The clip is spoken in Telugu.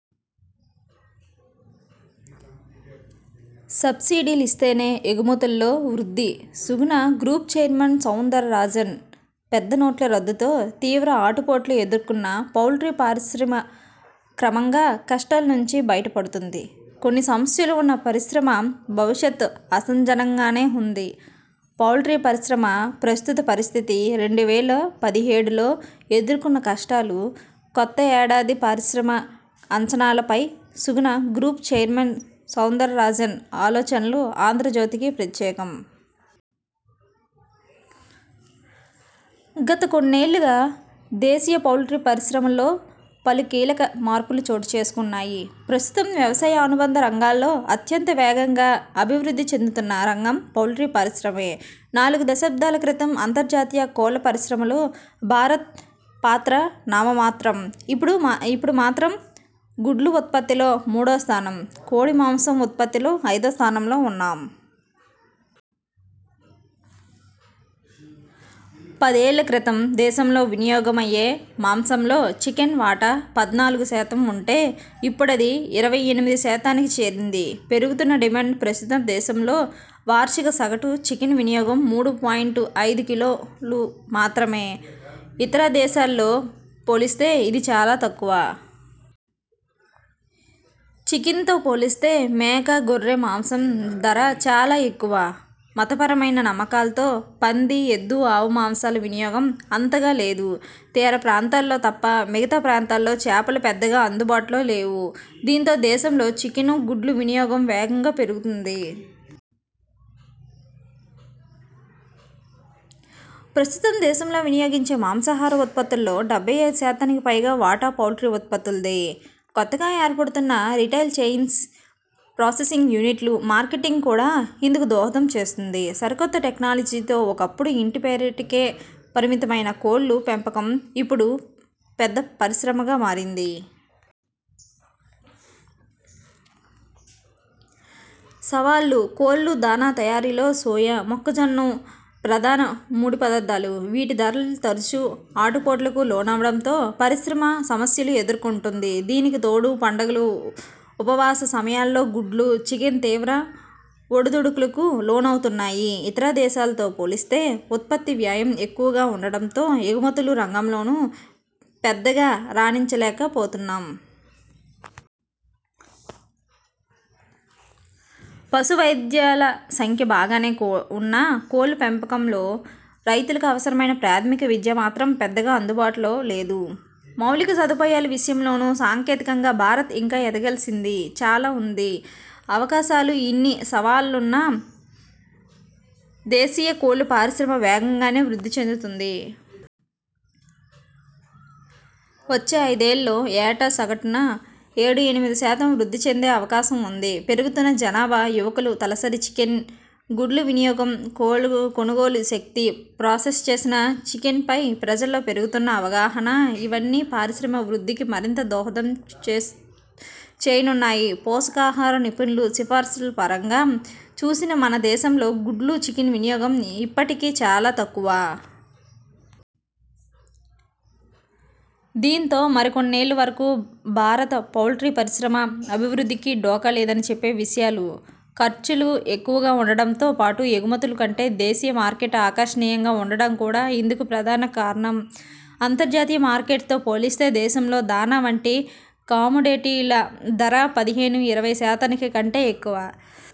సబ్సిడీ లిస్తేనే ఎగుమతుల్లో వృద్ధి Suguna group chairman Soundararajan పెద్ద నోట్ల రద్దు తో తీవ్ర ఆటు పోట్లు ఎదుర్కొన్న పౌల్ట్రీ పరిశ్రమ క్రమంగా కష్టాల నుంచి బయట పడుతోంది. కొన్ని సమస్యలు ఉన్నా పరిశ్రమ భవిష్యత్ ఆశాజనంగానే ఉంది. పౌల్ట్రీ పరిశ్రమ ప్రస్తుత పరిస్థితి, రెండు వేల పదిహేడులో ఎదుర్కొన్న కష్టాలు, కొత్త ఏడాది పరిశ్రమ అంచనాల పై Suguna group chairman Soundararajan ఆలోచనలు 'ఆంధ్రజ్యోతి'కి ప్రత్యేకం. గత కొన్నేళ్లుగా దేశీయ పౌల్ట్రీ పరిశ్రమలో పలు కీలక మార్పులు చోటు చేసుకున్నాయి. ప్రస్తుతం వ్యవసాయ అనుబంధ రంగాల్లో అత్యంత వేగంగా అభివృద్ధి చెందుతున్న రంగం పౌల్ట్రీ పరిశ్రమే. నాలుగు దశాబ్ధాల క్రితం అంతర్జాతీయ కోళ్ల పరిశ్రమలో భారత్ పాత్ర నామమాత్రం. ఇపుడు మాత్రం గుడ్ల ఉత్పత్తిలో మూడో స్థానం, కోడి మాంసం ఉత్పత్తిలో ఐదో స్థానంలో ఉన్నాం. పదేళ్ల క్రితం దేశంలో వినియోగ మయ్యే మాంసంలో చికెన్ వాటా పద్నాలుగు శాతం ఉంటే ఇప్పుడది ఇరవై ఎనిమిది శాతానికి చేరింది. పెరుగుతున్న డిమాండ్ ప్రస్తుతం దేశంలో వార్షిక సగటు చికెన్ వినియోగం మూడు పాయింట్ ఐదు కిలోలు మాత్రమే. ఇతర దేశాలతో పోలిస్తే ఇది చాలా తక్కువ. చికెన్తో పోలిస్తే మేక, గొర్రె మాంసం ధర చాలా ఎక్కువ. మత పరమైన నమ్మకాలతో పంది, ఎద్దు, ఆవు మాంసాల వినియోగం అంతగా లేదు. తీర ప్రాంతాల్లో తప్ప మిగతా ప్రాంతాల్లో చేపలు పెద్దగా అందుబాటులో లేవు. దీంతో దేశంలో చికెన్, గుడ్ల వినియోగం వేగంగా పెరుగుతోంది. ప్రస్తుతం దేశంలో వినియోగించే మాంసాహార ఉత్పత్తుల్లో డెబ్బై ఐదు శాతానికి పైగా వాటా పౌల్ట్రీ ఉత్పత్తులదే. కొత్తగా ఏర్పడుతున్న రిటైల్ చెయిన్స్, ప్రాసెసింగ్ యూనిట్లు, మార్కెటింగ్ కూడా ఇందుకు దోహదం చేస్తోంది. సరికొత్త టెక్నాలజీతో ఒకప్పుడు ఇంటి పెరటికే పరిమితమైన కోళ్ల పెంపకం ఇపుడు పెద్ద పరిశ్రగా మారింది. సవాళ్లు, కోళ్ల దాణా తయారీలో సోయా, మొక్కజొన్న ప్రధాన ముడి పదార్ధాలు. వీటి ధరలు తరచూ ఆటు పోట్లకు లోనవడంతో పరిశ్రమ సమస్యలు ఎదుర్కొంటోంది. దీనికి తోడు పండగలు ఉపవాస సమయాల్లో గుడ్లు, చికెన్ తీవ్ర ఒడుదుడుకులకు లోనవుతున్నాయి. ఇతర దేశాలతో పోలిస్తే ఉత్పత్తి వ్యయం ఎక్కువగా ఉండడంతో ఎగుమతుల రంగంలోనూ పెద్దగా రాణించలేక పోతున్నాం. పశు వైద్యుల సంఖ్య బాగానే ఉన్నా కోళ్ల పెంపకంలో రైతులకు అవసరమైన ప్రాథమిక విద్య మాత్రం పెద్దగా అందుబాటులో లేదు. మౌలిక సదుపాయాల విషయం లోనూ సాంకేతికంగా భారత్ ఇంకా ఎదగాల్సింది చాలా ఉంది. అవకాశాలు ఇన్ని సవాళ్లున్నా దేశీయ కోళ్ల పరిశ్రమ వేగంగానే వృద్ధి చెందుతోంది. వచ్చే ఐదేళ్లలో ఏటా సగటున ఏడు ఎనిమిది శాతం వృద్ధి చెందే అవకాశం ఉంది. పెరుగుతున్న జనాభా, యువకులు, తలసరి చికెన్, గుడ్ల వినియోగం, కొనుగోలు శక్తి, ప్రాసెస్ చేసిన చికెన్పై ప్రజల్లో పెరుగుతున్న అవగాహన ఇవన్నీ పరిశ్రమ వృద్ధికి మరింత దోహదం చేయనున్నాయి. పోషకాహార నిపుణుల సిఫార్సులపరంగా చూసినా మన దేశంలో గుడ్ల, చికెన్ వినియోగం ఇప్పటికీ చాలా తక్కువ. దీంతో మరి కొన్నేళ్ల వరకు భారత పౌల్టీ పరిశ్రమ అభివృద్ధికి ఢోకా లేదని చెప్పే విషయాలు. ఖర్చులు ఎక్కువగా ఉండడంతో పాటు, ఎగమతుల కంటే దేశీయ మార్కెట్ ఆకర్షణీయంగా ఉండడం కూడా ఇందుకు ప్రధాన కారణం. అంతర్జాతీయ మార్కెట్తో పోలిస్తే దేశంలో దాణా వంటి కమోడిటీల ధర పదిహేను ఇరవై శాతాని కంటే ఎక్కువ.